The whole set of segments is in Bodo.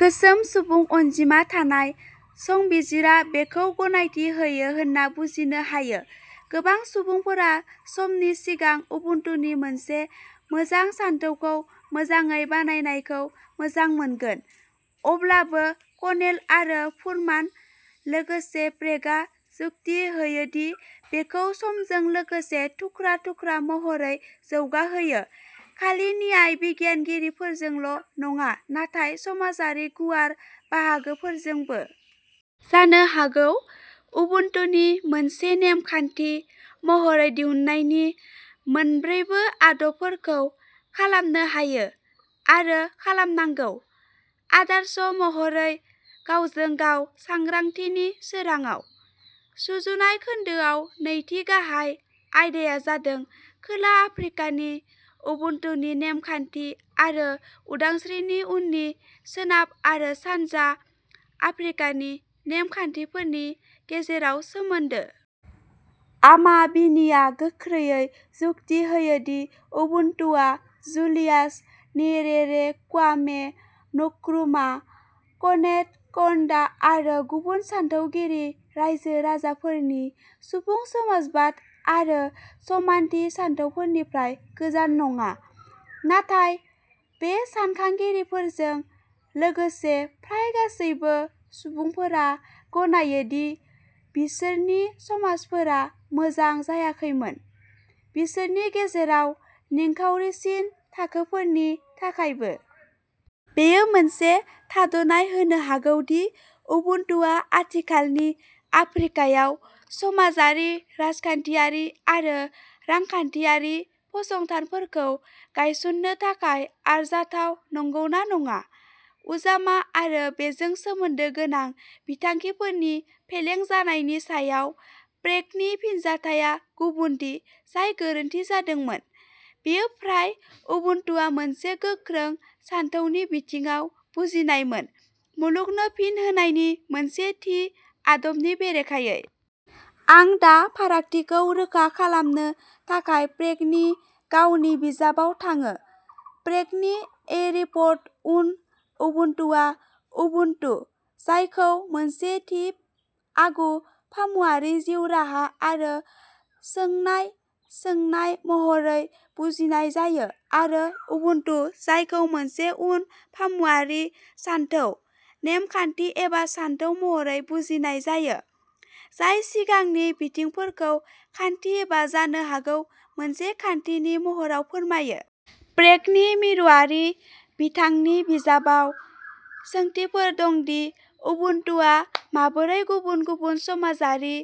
गोसोम सुबुं अनजिमा थानाय, संबिजिरा बेखौ गनायथि होयो होन्ना बुजिनो हायो। गोबां सुबुंफोरा समनि सिगां उबुन्टुनि मोनसे मोजां सानथौखौ मोजाङै बानायनायखौ मोजां मोनगोन। अब्लाबो कर्नेल आरो फुरमान, लोगोसे प्रेगआ जुक्ति होयो दि बेखौ समजों लोगोसे थुख्रा थुख्रा महरै जौगाहोयो, खालि न्याय बिगियानगिरिफोरजोंल' नङा, नाथाय समाजनि गुवार बाहागोफोरजोंबो। जानो हागौ, उबुन्टुनि मोनसे नेम खान्थि महरै दिहुननायनि मोन्नैबो आदबफोरखौ खालामनो हायो आरो खालामनांगौ, आदर्श महरै गावजों गाव सांग्रांथिनि सोरांङाव। सुजुनाय खोन्दोआव नैथि गाहाय आयदाया जादों खोला आफ्रिकानि उबुन्टुनि नेम खान्थि आरो उदांस्रिनि उननि सोनाब आरो सानजा आफ्रिकानि नेम खान्थिफोरनि गेजेराव सोमोन्दो। आमा बिनीया गोख्रोंयै जुक्ति होयो दि उबुन्टुआ जुलियास न्येरेरे, क्वामे नक्रुमा, कनेथ कौन्डा आरो गुबुन सानथौगिरि रायजो-राजाफोरनि सुबुं समाजबाद आरो समानथि सानथौनिफ्राय गोजान नङा। नाथाय बे सानखांगिरिफोरजों लोगोसे फ्राय गासैबो सुबुंफोरा गनायो दि बिसोरनि समाजफोरा मोजां जायाखैमोन, बिसोरनि गेजेराव निखावरिसिन थाखोफोरनि थाखायबो। बेयो मोनसे थाद'नाय होनो हागौ दि उबुन्टुआ आथिखालनि आफ्रिकायाव समाजारि, राजखान्थियारि आरो रांखान्थियारि फसंथानफोरखौ गायसननो थाखाय आरजाथाव नंगौना नङा। उजामा आरो बेजों सोमोन्दो गोनां बिथांखिफोरनि फेलें जानायनि सायाव प्रेगनि फिनजाथाया गुबुनदि जाय गोरोन्थि जादोंमोन, बेयो फ्राय उबुन्टुआ मोनसे गोख्रों सानथौनि बिथिङाव बुजिनायमोन, मुलुगनो फिन होनायनि मोनसे थि आदबनि बेरेखायै। आं दा फारागथिखौ रोखा खालामनो थाखाय प्रेगनि गावनि बिजाबाव थाङो। प्रेगनि ए रिप'र्ट अन उबुन्टुआ "उबुन्टु", जायखौ मोनसे थि आगु-फामुवारि जिउ राहा आरो सोंनाय-सोंनाय महरै बुजिनाय जायो आरो "उबुन्टु', जायखौ मोनसे उन फामुवारि सानथौ, नेम खान्थि एबा सानथौ महरै बुजिनाय जायो, जाय सिगांनि बिथिंफोरखौ खान्थि एबा जानो हागौ मोनसे खान्थिनि महराव फोरमायो। प्रेगनि मिरुआरि बिथांनि बिजाबाव सोंथिफोर दं दि उबुन्टुआ माबोरै गुबुन गुबुन समाजारि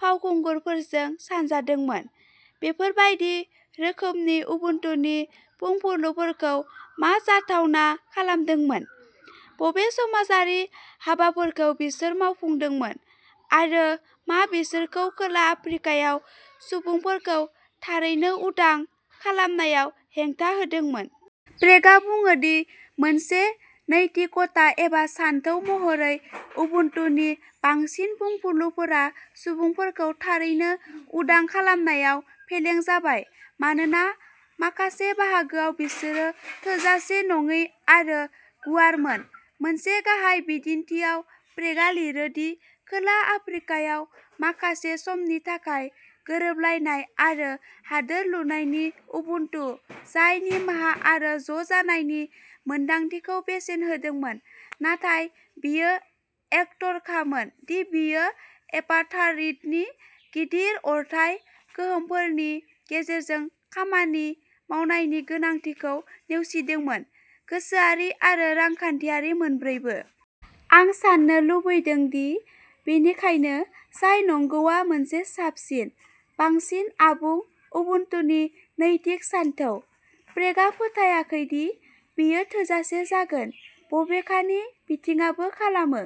फावखुंगुरफोरजों सानजादोंमोन, बेफोर बायदि रोखोमनि उबुन्टुनि बुंफुरलुफोरखौ मा जाथावना खालामदोंमोन, बबे समाजारि हाबाफोरखौ बिसोर मावफुंदोंमोन आरो मा बिसोरखौ खोला आफ्रिकायाव सुबुंफोरखौ थारैनो उदां खालामनायाव हेंथा होदोंमोन। प्रेगआ बुङो दि मोनसे नैतिकता एबा सानथौ महरै उबुन्टुनि बांसिन बुंफुरलुफोरा सुबुंफोरखौ थारैनो उदां खालामनायाव फेलें जाबाय मानोना माखासे बाहागोआव बिसोरो थोजासे नङै आरो गुवारमोन। मोनसे गाहाय बिदिन्थिआव, प्रेगआ लिरो दि, खोला आफ्रिकायाव माखासे समनि थाखाय गोरोबलायनाय आरो हादोर-लुनायनि उबुन्टु, जाय निमाहा आरो ज' जानायनि मोनदांथिखौ बेसेन होदोंमोन नाथाय बेयो एकटरखामोन दि बेयो एपार्थाइडनि गिदिर अरथाय गोहोमफोरनि गेजेरजों खामानि मावनायनि गोनांथिखौ नेवसिदोंमोन, गोसोआरि आरो रांखान्थियारि मोन्नैबो। आं साननो लुबैदों दि बेनिखायनो जाय नंगौआ मोनसे साबसिन, बांसिन आबुं उबुन्टुनि नैतिक सानथौ। प्रेगआ फोथायाखै दि बेयो थोजासे जागोन, बबेखानि बिथाङाबो खालामो।